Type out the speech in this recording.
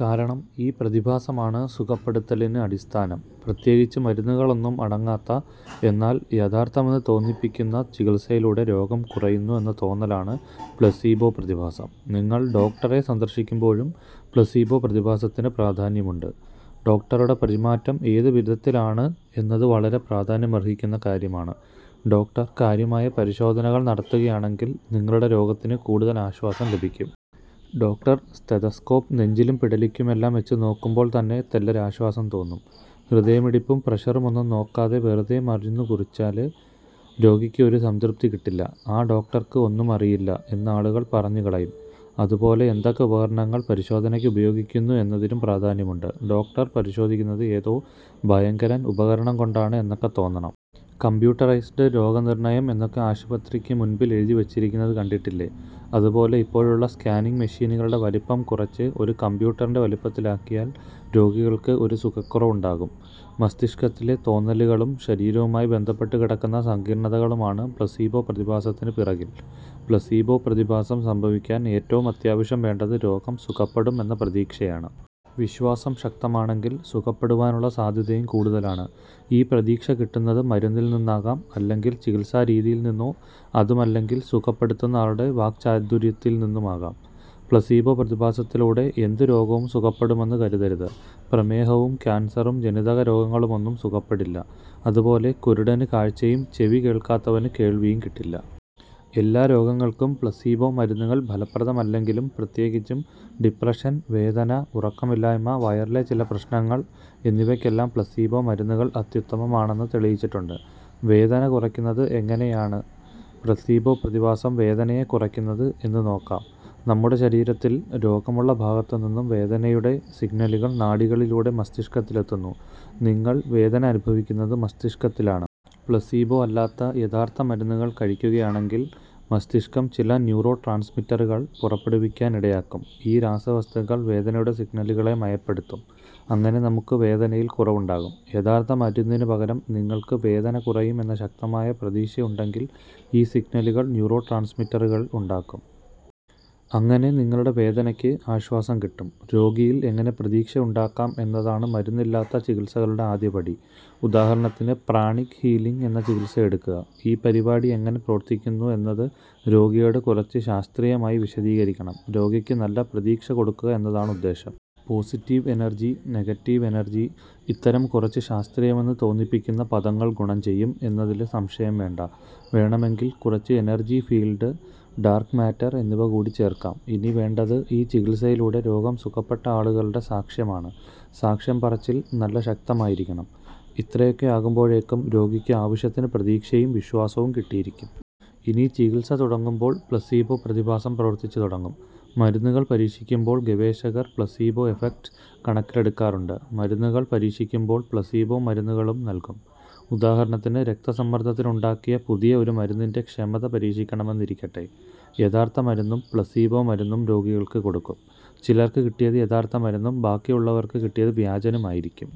കാരണം ഈ പ്രതിഭാസമാണ് സുഖപ്പെടുത്തലിന് അടിസ്ഥാനം. പ്രത്യേകിച്ച് മരുന്നുകളൊന്നും അടങ്ങാത്ത, എന്നാല് യഥാര്ത്ഥമെന്നു തോന്നിപ്പിക്കുന്ന ചികിത്സയിലൂടെ രോഗം കുറയുന്നു എന്ന തോന്നലാണ് പ്ലെസീബോ പ്രതിഭാസം. നിങ്ങള് ഡോക്ടറെ സന്ദര്ശിക്കുമ്പോഴും പ്ലെസീബോ പ്രതിഭാസത്തിനു പ്രാധാന്യമുണ്ട്. ഡോക്ടരുടെ പെരുമാറ്റം ഏതുവിധത്തിലാണ് എന്നതു വളരെ പ്രാധാന്യമര്ഹിക്കുന്ന കാര്യമാണ്. ഡോക്ടര് കാര്യമായ പരിശോധനകള് നടത്തുകയാണെങ്കില് നിങ്ങളുടെ രോഗത്തിനു കൂടുതല് ആശ്വാസം ലഭിക്കും. ഡോക്ടര് സ്റ്റെതസ്കോപ്പ് നെഞ്ചിലും പിടലിക്കുമെല്ലാം വച്ചുനോക്കുമ്പോള് തന്നെ തെല്ലൊരാശ്വാസം തോന്നും. ഹൃദയമിടിപ്പും പ്രഷറുമൊന്നും നോക്കാതെ വെറുതെ മരുന്നുകുറിച്ചാല് രോഗിക്ക് ഒരു സംതൃപ്തി കിട്ടില്ല. 'ആ ഡോക്ടര്ക്ക് ഒന്നും അറിയില്ല' എന്ന് ആളുകള് പറഞ്ഞുകളയും. അതുപോലെ എന്തൊക്കെ ഉപകരണങ്ങള് പരിശോധനക്ക് ഉപയോഗിക്കുന്നു എന്നതിനും പ്രാധാന്യമുണ്ട്. ഡോക്ടര് പരിശോധിക്കുന്നത് ഏതോ ഭയങ്കരന് ഉപകരണം കൊണ്ടാണ് എന്നൊക്കെ തോന്നണം. കമ്പ്യൂട്ടറൈസ്ഡ് രോഗനിര്ണ്ണയം എന്നൊക്കെ ആശുപത്രിക്ക് മുന്പില് എഴുതിവച്ചിരിക്കുന്നത് കണ്ടിട്ടില്ലേ. അതുപോലെ ഇപ്പോഴുള്ള സ്കാനിംഗ് മെഷിനുകളുടെ വലിപ്പം കുറച്ച് ഒരു കമ്പ്യൂട്ടറിന്റെ വലിപ്പത്തിലാക്കിയാല് രോഗികള്ക്ക് ഒരു സുഖക്കുറവുണ്ടാകും. മസ്തിഷ്കത്തിലെ തോന്നലുകളും ശരീരവുമായി ബന്ധപ്പെട്ടുകിടക്കുന്ന സങ്കീര്ണ്ണതകളുമാണ് പ്ലെസീബോ പ്രതിഭാസത്തിനു പിറകില്. പ്ലെസീബോ പ്രതിഭാസം സംഭവിക്കാന് ഏറ്റവും അത്യാവശ്യം വേണ്ടത് രോഗം സുഖപ്പെടും എന്ന പ്രതീക്ഷയാണ്. വിശ്വാസം ശക്തമാണെങ്കില് സുഖപ്പെടുവാനുള്ള സാധ്യതയും കൂടുതലാണ്. ഈ പ്രതീക്ഷ കിട്ടുന്നത് മരുന്നില്നിന്നാകാം അല്ലെങ്കില് ചികിത്സാ രീതിയില്നിന്നോ അതുമല്ലെങ്കില് സുഖപ്പെടുത്തുന്ന ആളുടെ വാക്ചാതുര്യത്തില് നിന്നുമാകാം. പ്ലെസീബോ പ്രതിഭാസത്തിലൂടെ എന്തു രോഗവും സുഖപ്പെടുമെന്ന് കരുതരുത്. പ്രമേഹവും ക്യാന്സറും ജനിതകരോഗങ്ങളുമൊന്നും സുഖപ്പെടില്ല. അതുപോലെ കുരുടന് കാഴ്ചയും ചെവി കേള്ക്കാത്തവനു കേള്വിയും കിട്ടില്ല. എല്ലാ രോഗങ്ങള്ക്കും പ്ലെസീബോ മരുന്നുകള് ഫലപ്രദമല്ലെങ്കിലും പ്രത്യേകിച്ചും ഡിപ്രഷന്, വേദന, ഉറക്കമില്ലായ്മ, വയറിലെ ചില പ്രശ്നങ്ങള് എന്നിവക്കെല്ലാം പ്ലെസീബോ മരുന്നുകള് അത്യുത്തമമാണെന്ന് തെളിയിച്ചിട്ടുണ്ട്. വേദന കുറയ്ക്കുന്നത് എങ്ങനെയാണ് പ്ലെസീബോ പ്രതിഭാസം വേദനയെ കുറക്കുന്നത് എന്നുനോക്കാം. നമ്മുടെ ശരീരത്തില് രോഗമുള്ള ഭാഗത്തുനിന്നും വേദനയുടെ സിഗ്നലുകള് നാഡികളിലൂടെ മസ്തിഷ്കത്തിലെത്തുന്നു. നിങ്ങള് വേദന അനുഭവിക്കുന്നത് മസ്തിഷ്കത്തിലാണ്. പ്ലെസീബോ അല്ലാത്ത യഥാര്ത്ഥ മരുന്നുകള് കഴിക്കുകയാണെങ്കില് മസ്തിഷ്കം ചില ന്യൂറോട്രാന്സ്മിറ്ററുകള് പുറപ്പെടുവിക്കാന് ഇടയാക്കും. ഈ രാസവസ്തുക്കള് വേദനയുടെ സിഗ്നലുകളെ മയപ്പെടുത്തും. അങ്ങനെ നമുക്ക് വേദനയില് കുറവുണ്ടാകും. യഥാര്ത്ഥ മരുന്നിനു പകരം നിങ്ങള്ക്ക് വേദന കുറയും എന്ന ശക്തമായ പ്രതീക്ഷ ഉണ്ടെങ്കില് ഈ സിഗ്നലുകള് ന്യൂറോട്രാന്സ്മിറ്ററുകള് ഉണ്ടാക്കും. അങ്ങനെ നിങ്ങളുടെ വേദനക്ക് ആശ്വാസം കിട്ടും. രോഗിയില് എങ്ങനെ പ്രതീക്ഷ ഉണ്ടാക്കാം എന്നതാണ് മരുന്നില്ലാത്ത ചികിത്സകളുടെ ആദ്യ പടി. ഉദാഹരണത്തിന് പ്രാണിക് ഹീലിംഗ് എന്ന ചികിത്സ എടുക്കുക. ഈ പരിപാടി എങ്ങനെ പ്രവര്ത്തിക്കുന്നു എന്നത് രോഗിയോട് കുറച്ചു 'ശാസ്ത്രീയമായി' വിശദീകരിക്കണം. രോഗിക്ക് നല്ല പ്രതീക്ഷ കൊടുക്കുക എന്നതാണ് ഉദ്ദേശം. പോസിറ്റീവ് എനര്ജി, നെഗറ്റീവ് എനര്ജി, ഇത്തരം കുറച്ചു ശാസ്ത്രീയമെന്നു തോന്നിപ്പിക്കുന്ന പദങ്ങള് ഗുണം ചെയ്യും എന്നതില് സംശയം വേണ്ട. വേണമെങ്കില് കുറച്ചു എനര്ജി ഫീല്ഡ്, ഡാര്ക്ക് മാറ്റര് എന്നിവകൂടി ചേര്ക്കാം. ഇനി വേണ്ടത് ഈ ചികിത്സയിലൂടെ രോഗം സുഖപ്പെട്ട ആളുകളുടെ സാക്ഷ്യമാണ്. സാക്ഷ്യം പറച്ചില് നല്ല ശക്തമായിരിക്കണം. ഇത്രയൊക്കെ ആകുമ്പോഴേക്കും രോഗിക്ക് ആവശ്യത്തിനു പ്രതീക്ഷയും വിശ്വാസവും കിട്ടിയിരിക്കും. ഇനി ചികിത്സ തുടങ്ങുമ്പോള് പ്ലെസീബോ പ്രതിഭാസം പ്രവര്ത്തിച്ചുതുടങ്ങും. മരുന്നുകള് പരീക്ഷിക്കുമ്പോള് ഗവേഷകര് പ്ലെസീബോ എഫ്ഫെക്റ്റ് കണക്കിലെടുക്കാറുണ്ട്. മരുന്നുകള് പരീക്ഷിക്കുമ്പോള് പ്ലെസീബോ മരുന്നുകളും നല്കും. ഉദാഹരണത്തിന് രക്സ്തസമ്മര്ദ്ദത്തിനു ഉണ്ടാക്കിയ പുതിയ ഒരു മരുന്നിന്റെ ക്ഷമത പരീക്ഷിക്കണമെന്നിരിക്കട്ടെ. യഥാര്ത്ഥ മരുന്നും പ്ലെസീബോ മരുന്നും രോഗികള്ക്ക് കൊടുക്കും. ചിലര്ക്ക് കിട്ടിയത് യഥാര്ത്ഥ മരുന്നും ബാക്കിയുള്ളവര്ക്ക് കിട്ടിയതു വ്യാജനും ആയിരിക്കും.